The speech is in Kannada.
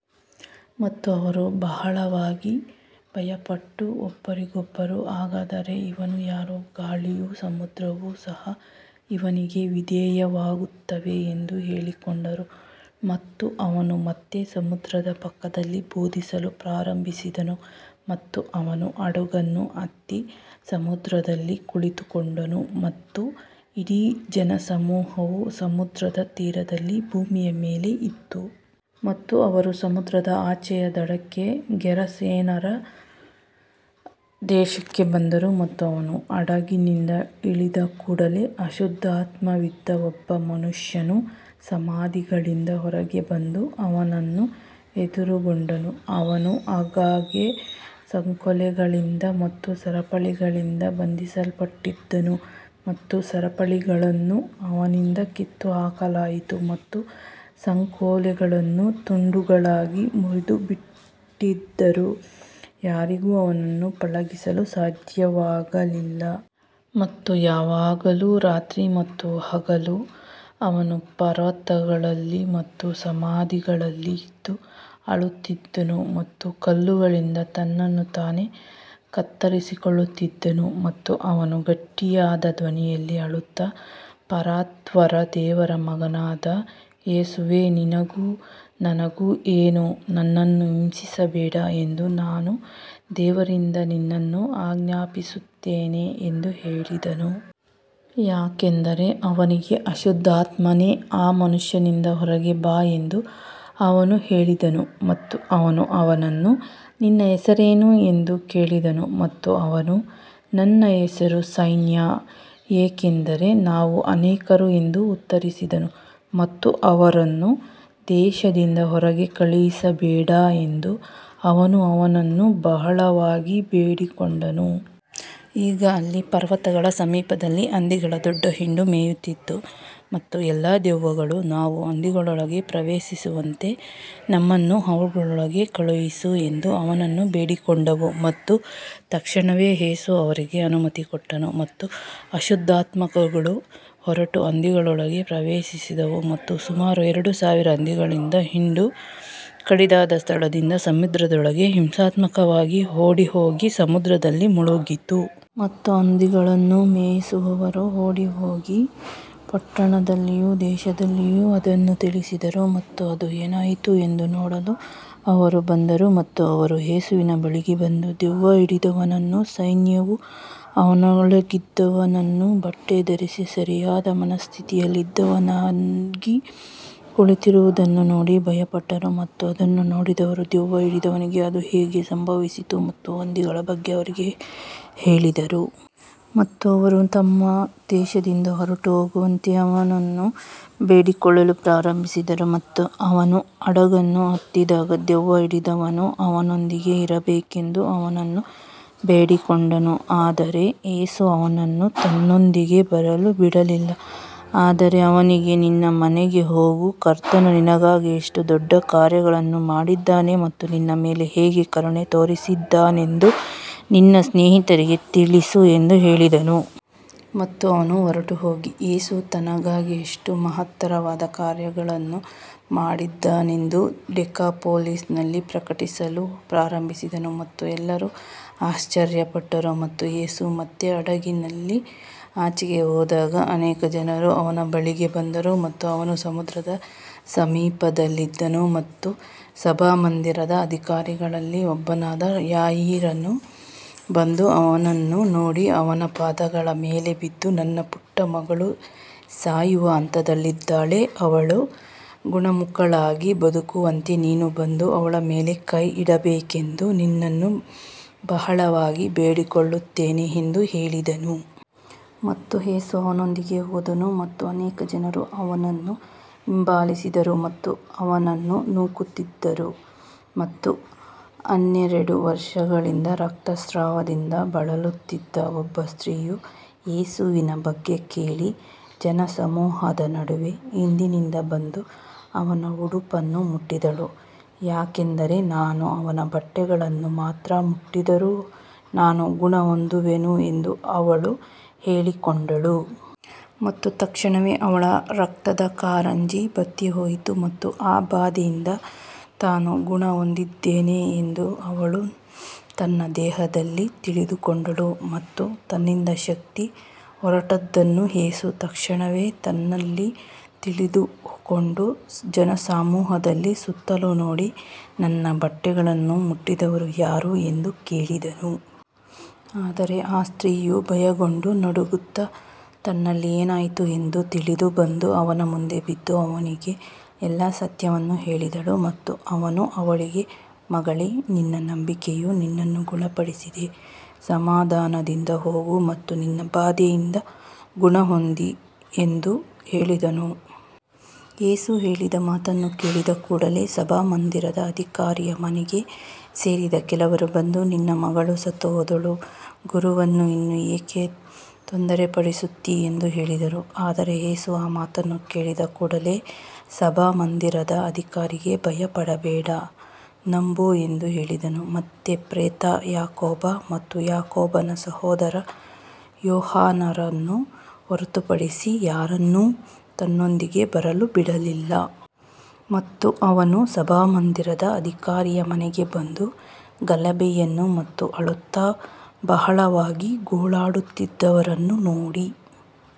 ಮತ್ತು ಅವರು ಬಹಳವಾಗಿ ಭಯಪಟ್ಟು ಒಬ್ಬರಿಗೊಬ್ಬರು, ಹಾಗಾದರೆ ಇವನು ಯಾರು, ಗಾಳಿಯೂ ಸಮುದ್ರವೂ ಸಹ ಇವನಿಗೆ ವಿಧೇಯವಾಗುತ್ತವೆ ಎಂದು ಹೇಳಿಕೊಂಡರು. ಮತ್ತು ಅವನು ಮತ್ತೆ ಸಮುದ್ರದ ಪಕ್ಕದಲ್ಲಿ ಬೋಧಿಸಲು ಪ್ರಾರಂಭಿಸಿದನು ಮತ್ತು ಅವನು ಹಡಗನ್ನು ಹತ್ತಿ ಸಮುದ್ರದಲ್ಲಿ ಕುಳಿತುಕೊಂಡನು ಮತ್ತು ಇಡೀ ಜನಸಮೂಹವು ಸಮುದ್ರದ ತೀರದಲ್ಲಿ ಭೂಮಿಯ ಮೇಲೆ ಇತ್ತು. ಮತ್ತು ಅವರು ಸಮುದ್ರದ ಆಚೆಯ ದಡಕ್ಕೆ, ಗೆರಸೇನರ ದೇಶಕ್ಕೆ ಬಂದರು. ಮತ್ತು ಅವನು ಹಡಗಿನಿಂದ ಇಳಿದ ಕೂಡಲೆ ಅಶುದ್ಧಾತ್ಮವಿದ್ದ ಒಬ್ಬ ಮನುಷ್ಯನು ಸಮಾಧಿಗಳಿಂದ ಹೊರಗೆ ಬಂದು ಅವನನ್ನು ಎದುರುಗೊಂಡನು. ಅವನು ಆಗಾಗ್ಗೆ ಸಂಕೋಲೆಗಳಿಂದ ಮತ್ತು ಸರಪಳಿಗಳಿಂದ ಬಂಧಿಸಲ್ಪಟ್ಟಿದ್ದನು ಮತ್ತು ಸರಪಳಿಗಳನ್ನು ಅವನಿಂದ ಕಿತ್ತುಹಾಕಲಾಗಿತ್ತು ಮತ್ತು ಸಂಕೋಲೆಗಳನ್ನು ತುಂಡುಗಳಾಗಿ ಮುರಿದುಬಿಟ್ಟಿದ್ದರಿಂದ ಯಾರಿಗೂ ಅವನನ್ನು ಪಳಗಿಸಲು ಸಾಧ್ಯವಾಗಲಿಲ್ಲ. ಮತ್ತು ಯಾವಾಗಲೂ ರಾತ್ರಿ ಮತ್ತು ಹಗಲು ಅವನು ಪರ್ವತಗಳಲ್ಲಿ ಮತ್ತು ಸಮಾಧಿಗಳಲ್ಲಿ ಇದ್ದು ಅಳುತ್ತಿದ್ದನು ಮತ್ತು ಕಲ್ಲುಗಳಿಂದ ತನ್ನನ್ನು ತಾನೇ ಕತ್ತರಿಸಿಕೊಳ್ಳುತ್ತಿದ್ದನು. ಮತ್ತು ಅವನು ಗಟ್ಟಿಯಾದ ಧ್ವನಿಯಲ್ಲಿ ಅಳುತ್ತಾ, ಪರಾತ್ಪರ ದೇವರ ಮಗನಾದ ಯೇಸುವೇ, ನಿನಗೂ ನನಗೂ ಏನು, ನನ್ನನ್ನು ಹಿಂಸಿಸಬೇಡ ಎಂದು ನಾನು ದೇವರಿಂದ ನಿನ್ನನ್ನು ಆಜ್ಞಾಪಿಸುತ್ತೇನೆ ಎಂದು ಹೇಳಿದನು. ಯಾಕಂದರೆ ಅವನಿಗೆ, ಅಶುದ್ಧಾತ್ಮನೇ, ಆ ಮನುಷ್ಯನಿಂದ ಹೊರಗೆ ಬಾ ಎಂದು ಅವನು ಹೇಳಿದ್ದನು. ಮತ್ತು ಅವನು ಅವನನ್ನು, ನಿನ್ನ ಹೆಸರೇನು ಎಂದು ಕೇಳಿದನು ಮತ್ತು ಅವನು, ನನ್ನ ಹೆಸರು ಸೈನ್ಯ, ಏಕೆಂದರೆ ನಾವು ಅನೇಕರು ಎಂದು ಉತ್ತರಿಸಿದನು. ಮತ್ತು ಅವರನ್ನು ದೇಶದಿಂದ ಹೊರಗೆ ಕಳುಹಿಸಬೇಡ ಎಂದು ಅವನು ಅವನನ್ನು ಬಹಳವಾಗಿ ಬೇಡಿಕೊಂಡನು. ಈಗ ಅಲ್ಲಿ ಪರ್ವತಗಳ ಸಮೀಪದಲ್ಲಿ ಹಂದಿಗಳ ದೊಡ್ಡ ಹಿಂಡು ಮೇಯುತ್ತಿತ್ತು. ಮತ್ತು ಎಲ್ಲಾ ದೆವ್ವಗಳು, ನಾವು ಹಂದಿಗಳೊಳಗೆ ಪ್ರವೇಶಿಸುವಂತೆ ನಮ್ಮನ್ನು ಅವುಗಳೊಳಗೆ ಕಳುಹಿಸು ಎಂದು ಅವನನ್ನು ಬೇಡಿಕೊಂಡವು. ಮತ್ತು ತಕ್ಷಣವೇ ಯೇಸು ಅವರಿಗೆ ಅನುಮತಿ ಕೊಟ್ಟನು ಮತ್ತು ಅಶುದ್ಧಾತ್ಮಗಳು ಹೊರಟು ಹಂದಿಗಳೊಳಗೆ ಪ್ರವೇಶಿಸಿದವು ಮತ್ತು ಸುಮಾರು ಎರಡು ಸಾವಿರ ಹಂದಿಗಳಿದ್ದ ಹಿಂಡು ಕಡಿದಾದ ಸ್ಥಳದಿಂದ ಸಮುದ್ರದೊಳಗೆ ಹಿಂಸಾತ್ಮಕವಾಗಿ ಓಡಿಹೋಗಿ ಸಮುದ್ರದಲ್ಲಿ ಮುಳುಗಿತು. ಮತ್ತು ಹಂದಿಗಳನ್ನು ಮೇಯಿಸುವವರು ಓಡಿಹೋಗಿ ಪಟ್ಟಣದಲ್ಲಿಯೂ ದೇಶದಲ್ಲಿಯೂ ಅದನ್ನು ತಿಳಿಸಿದರು ಮತ್ತು ಅದು ಏನಾಯಿತು ಎಂದು ನೋಡಲು ಅವರು ಬಂದರು. ಮತ್ತು ಅವರು ಯೇಸುವಿನ ಬಳಿಗೆ ಬಂದು ದೆವ್ವ ಹಿಡಿದಿದ್ದವನನ್ನು, ಸೈನ್ಯವು ಅವನೊಳಗಿದ್ದವನನ್ನು, ಬಟ್ಟೆ ಧರಿಸಿ ಸರಿಯಾದ ಮನಸ್ಸಿನಲ್ಲಿದ್ದವನಾಗಿ ಕುಳಿತಿರುವುದನ್ನು ನೋಡಿ ಭಯಪಟ್ಟರು. ಮತ್ತು ಅದನ್ನು ನೋಡಿದವರು ದೆವ್ವ ಹಿಡಿದವನಿಗೆ ಅದು ಹೇಗೆ ಸಂಭವಿಸಿತು ಮತ್ತು ಹಂದಿಗಳ ಬಗ್ಗೆ ಅವರಿಗೆ ಹೇಳಿದರು. ಮತ್ತು ಅವರು ತಮ್ಮ ದೇಶದಿಂದ ಹೊರಹೋಗುವಂತೆ ಅವನನ್ನು ಬೇಡಿಕೊಳ್ಳಲು ಪ್ರಾರಂಭಿಸಿದರು. ಮತ್ತು ಅವನು ಹಡಗನ್ನು ಹತ್ತಿದಾಗ ದೆವ್ವ ಹಿಡಿದವನು ಅವನೊಂದಿಗೆ ಇರಬೇಕೆಂದು ಅವನನ್ನು ಬೇಡಿಕೊಂಡನು. ಆದರೆ ಯೇಸು ಅವನನ್ನು ತನ್ನೊಂದಿಗೆ ಬರಲು ಬಿಡಲಿಲ್ಲ, ಆದರೆ ಅವನಿಗೆ, ನಿನ್ನ ಮನೆಗೆ ಹೋಗು, ಕರ್ತನು ನಿನಗಾಗಿ ಎಷ್ಟು ದೊಡ್ಡ ಕಾರ್ಯಗಳನ್ನು ಮಾಡಿದ್ದಾನೆ ಮತ್ತು ನಿನ್ನ ಮೇಲೆ ಹೇಗೆ ಕರುಣೆ ತೋರಿಸಿದ್ದಾನೆಂದು ನಿನ್ನ ಸ್ನೇಹಿತರಿಗೆ ತಿಳಿಸು ಎಂದು ಹೇಳಿದನು. ಮತ್ತು ಅವನು ಹೊರಟುಹೋಗಿ ಯೇಸು ತನಗಾಗಿ ಎಷ್ಟು ಮಹತ್ತರವಾದ ಕಾರ್ಯಗಳನ್ನು ಮಾಡಿದನೆಂದು ದೆಕಾಪೊಲಿಸ್‌ನಲ್ಲಿ ಪ್ರಕಟಿಸಲು ಪ್ರಾರಂಭಿಸಿದನು ಮತ್ತು ಎಲ್ಲರೂ ಆಶ್ಚರ್ಯಪಟ್ಟರು. ಮತ್ತು ಯೇಸು ಮತ್ತೆ ಹಡಗಿನಲ್ಲಿ ಆಚೆಗೆ ಹೋದಾಗ ಅನೇಕ ಜನರು ಅವನ ಬಳಿಗೆ ಬಂದರು ಮತ್ತು ಅವನು ಸಮುದ್ರದ ಸಮೀಪದಲ್ಲಿದ್ದನು. ಮತ್ತು ಸಭಾಮಂದಿರದ ಅಧಿಕಾರಿಗಳಲ್ಲಿ ಒಬ್ಬನಾದ ಯಾಯೀರನು ಬಂದು ಅವನನ್ನು ನೋಡಿ ಅವನ ಪಾದಗಳ ಮೇಲೆ ಬಿದ್ದು, ನನ್ನ ಪುಟ್ಟ ಮಗಳು ಸಾಯುವ ಹಂತದಲ್ಲಿದ್ದಾಳೆ, ಅವಳು ಗುಣಮುಖಳಾಗಿ ಬದುಕುವಂತೆ ನೀನು ಬಂದು ಅವಳ ಮೇಲೆ ಕೈ ಇಡಬೇಕೆಂದು ನಿನ್ನನ್ನು ಬಹಳವಾಗಿ ಬೇಡಿಕೊಳ್ಳುತ್ತೇನೆ ಎಂದು ಹೇಳಿದನು. ಮತ್ತು ಯೇಸು ಅವನೊಂದಿಗೆ ಹೋದನು ಮತ್ತು ಅನೇಕ ಜನರು ಅವನನ್ನು ಹಿಂಬಾಲಿಸಿದರು ಮತ್ತು ಅವನನ್ನು ನೂಕುತ್ತಿದ್ದರು. ಮತ್ತು ಹನ್ನೆರಡು ವರ್ಷಗಳಿಂದ ರಕ್ತಸ್ರಾವದಿಂದ ಬಳಲುತ್ತಿದ್ದ ಒಬ್ಬ ಸ್ತ್ರೀಯು, ಯೇಸುವಿನ ಬಗ್ಗೆ ಕೇಳಿ, ಜನಸಮೂಹದ ನಡುವೆ ಹಿಂದಿನಿಂದ ಬಂದು ಅವನ ಉಡುಪನ್ನು ಮುಟ್ಟಿದಳು. ಯಾಕಂದರೆ, ನಾನು ಅವನ ಬಟ್ಟೆಗಳನ್ನು ಮಾತ್ರ ಮುಟ್ಟಿದರೂ ನಾನು ಗುಣಹೊಂದುವೆನು ಎಂದು ಅವಳು ಹೇಳಿಕೊಂಡಿದ್ದಳು. ಮತ್ತು ತಕ್ಷಣವೇ ಅವಳ ರಕ್ತದ ಕಾರಂಜಿ ಬತ್ತಿಹೋಯಿತು ಮತ್ತು ಆ ಬಾಧೆಯಿಂದ ತಾನು ಗುಣಹೊಂದಿದ್ದೇನೆ ಎಂದು ಅವಳು ತನ್ನ ದೇಹದಲ್ಲಿ ತಿಳಿದುಕೊಂಡಳು. ಮತ್ತು ತನ್ನಿಂದ ಶಕ್ತಿ ಹೊರಟದ್ದನ್ನು ಯೇಸು ತಕ್ಷಣವೇ ತನ್ನಲ್ಲಿ ತಿಳಿದುಕೊಂಡು ಜನಸಮೂಹದಲ್ಲಿ ಸುತ್ತಲೂ ನೋಡಿ, ನನ್ನ ಬಟ್ಟೆಗಳನ್ನು ಮುಟ್ಟಿದವರು ಯಾರು ಎಂದು ಕೇಳಿದನು. ಆದರೆ ಆ ಸ್ತ್ರೀಯು ಭಯಗೊಂಡು ನಡುಗುತ್ತಾ, ತನ್ನಲ್ಲಿ ಏನಾಯಿತು ಎಂದು ತಿಳಿದು, ಬಂದು ಅವನ ಮುಂದೆ ಬಿದ್ದು ಅವನಿಗೆ ಎಲ್ಲಾ ಸತ್ಯವನ್ನು ಹೇಳಿದಳು. ಮತ್ತು ಅವನು ಅವಳಿಗೆ, ಮಗಳೇ, ನಿನ್ನ ನಂಬಿಕೆಯು ನಿನ್ನನ್ನು ಗುಣಪಡಿಸಿದೆ, ಸಮಾಧಾನದಿಂದ ಹೋಗು ಮತ್ತು ನಿನ್ನ ಬಾಧೆಯಿಂದ ಗುಣಹೊಂದಿ ಎಂದು ಹೇಳಿದನು. ಯೇಸು ಹೇಳಿದ ಮಾತನ್ನು ಕೇಳಿದ ಕೂಡಲೆ ಸಭಾಮಂದಿರದ ಅಧಿಕಾರಿಯ ಮನೆಗೆ ಸೇರಿದ ಕೆಲವರು ಬಂದು, ನಿನ್ನ ಮಗಳು ಸತ್ತುಹೋದಳು, ಗುರುವನ್ನು ಇನ್ನು ಏಕೆ ತೊಂದರೆಪಡಿಸುತ್ತೀ ಎಂದು ಹೇಳಿದರು. ಆದರೆ ಯೇಸು ಆ ಮಾತನ್ನು ಕೇಳಿದ ಕೂಡಲೆ ಸಭಾಮಂದಿರದ ಅಧಿಕಾರಿಗೆ, ಭಯಪಡಬೇಡ, ನಂಬು ಎಂದು ಹೇಳಿದನು. ಮತ್ತು ಪೇತ್ರ, ಯಾಕೋಬ ಮತ್ತು ಯಾಕೋಬನ ಸಹೋದರ ಯೋಹಾನರನ್ನು ಹೊರತುಪಡಿಸಿ ಯಾರನ್ನೂ ತನ್ನೊಂದಿಗೆ ಬರಲು ಬಿಡಲಿಲ್ಲ. ಮತ್ತು ಅವನು ಸಭಾಮಂದಿರದ ಅಧಿಕಾರಿಯ ಮನೆಗೆ ಬಂದು ಗಲಭೆಯನ್ನು ಮತ್ತು ಅಳುತ್ತಾ ಬಹಳವಾಗಿ ಗೋಳಾಡುತ್ತಿದ್ದವರನ್ನು ನೋಡಿ.